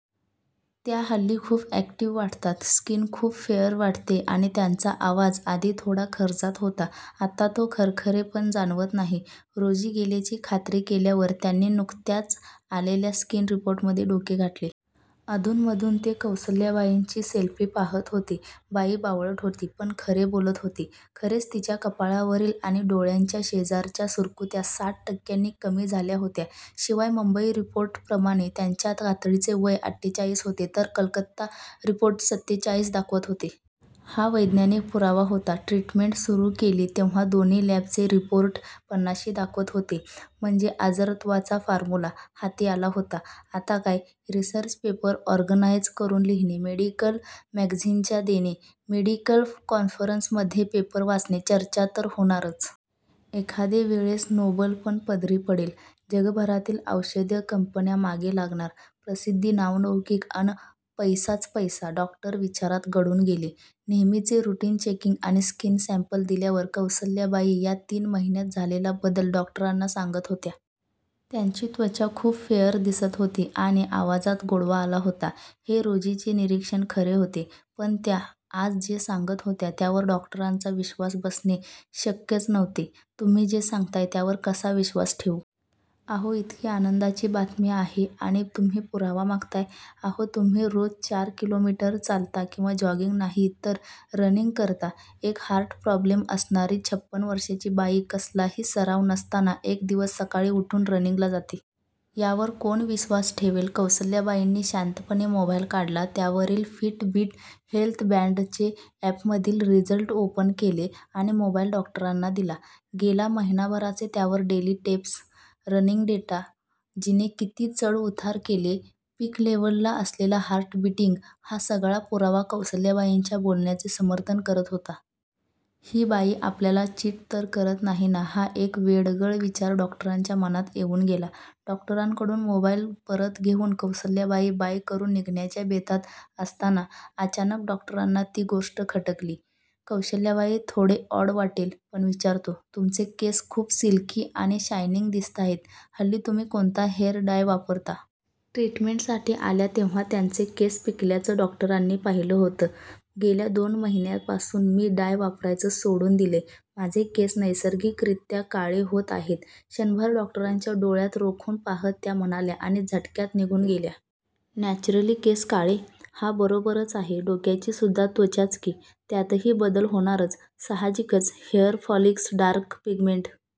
त्या हल्ली खूप ऍक्टिव्ह वाटतात. स्किन खूप फेयर वाटतीय आणि त्यांचा आवाज आधी थोडा खर्जात होता. आत्ता तो खरखरे पण जाणवत नाही! रोजी गेल्याची खात्री केल्यावर, त्यांनी नुकत्याच आलेल्या स्किन रिपोर्टमध्ये डोके घातले. अधून मधून ते कौसल्याबाईंची सेल्फी पहात होते. बाई बावळट होती. पण खरे बोलत होती! खरेच तिच्या कपाळावरली आणि डोळ्याच्या शेजारच्या सुरुकुत्या साठ टक्क्यांनी कमी झाल्या होत्या! शिवाय मुंबई रिपोर्ट प्रमाणे त्यांच्या कातडीचे वय अठ्ठेचाळी होते, तर कलकत्ता रिपोर्ट सत्तेचाळीस दाखवत होते! हा वैज्ञानिक पुरावा होता! ट्रीटमेंट सुरु केली तेव्हा दोन्ही लॅबचे रोपोर्ट पन्नाशी दाखवत होते! म्हणजे 'अजरत्वचा फार्मुला' हाती आला होता! आता काय? रिसर्च पेपर ऑर्गनाईझ करून लिहणे, मेडिकल मॅगझिनच्या देणे, मेडिकल कॉन्फरन्सेस मध्ये पेपर वाचणे, चर्चा तर होणारच. एखादे वेळेस नोबल पण पदरी पडेल! जगभरातील औषध कंपन्या मागे लागणार, प्रसिद्धी, नावलौकिक, अन पैसाच पैसा!!! डॉक्टर विचारात गढून गेले. नेहमीचे रुटीन चेकिंग आणि स्किन सॅम्पल दिल्यावर कौसल्याबाई या तीन महिन्यात झालेला बदल डॉक्टरांना सांगत होत्या. त्याची त्वचा खूप फेयर दिसत होती आणि आवाजात गोडवा आला होता, हे रोजीचे निरीक्षण खरे होते. पण त्या, आज जे सांगत होत्या त्यावर डॉक्टरांचा विश्वास बसणे शक्यच नव्हते. "तुम्ही जे सांगताय त्यावर कसा विश्वास ठेवू? " "अहो, इतकी आनंदाची बातमी आहे, आणि तुम्ही पुरावा मागताय? " "अहो, तुम्ही रोज चार किलोमीटर, चालता किंवा जॉगिंग नाही तर रनिंग करता! एक हार्ट प्रॉब्लेम असणारी, छप्पन वर्षाची बाई, कसलाही सराव नसताना एक दिवस सकाळी उठून रनींगला जाते! यावर कोण विश्वास ठेवेल? " कौशल्याबाईंनी शांतपणे मोबाईल काढला. त्यावरील फिटबीट हेल्थबॅन्डचे ऍपमधील रिझल्ट ओपन केले आणि मोबाईल डॉक्टरांना दिला. गेला महिनाभराचे त्यावर, डेली स्टेप्स, रनिंग डेटा, जिने किती चढ उतार केले, पीकलेव्हलला असलेला हार्ट बिटिंग, हा सगळा पुरावा कौसल्याबाईंच्या बोलण्याचे समर्थन करत होता! हि बाई आपल्याला चिट तर करत नाही ना? हा एक वेडगळ विचार डॉक्टरांच्या मनात येऊन गेला. डॉक्टरांकडून मोबाईल परत घेवून कौसल्याबाई 'बाय' करून निघण्याच्या बेतात असताना, अचानक डॉक्टरांना ती गोष्ट खटकली. "कौशल्याबाई, थोडे ऑड वाटेल, पण विचारतो, तुमचे केस खूप सिल्की आणि शायनिंग दिसताहेत, हल्ली तुम्ही कोणता हेयर डाय वापरता? " ट्रीटमेंट साठी आल्या तेव्हा, त्याचे केस पिकल्याच डॉक्टररानी पाहिलं होत. " गेल्या दोन महिन्या पासून मी डाय वापरायचं सोडून दिलंय! माझे केस नैसर्गिक रित्या काळे होत आहेत! " क्षणभर डॉक्टरांच्या डोळ्यात रोखून पहात त्या म्हणाल्या आणि झटक्यात निघून गेल्या! न्याचुरली केस काळे? हा, बरोबरच आहे! डोक्याची सुद्धा त्वचाच कि, त्यात हि बदल होणारच. सहाजिकच हेयर फॉलिकल्स डार्क पिगमेंट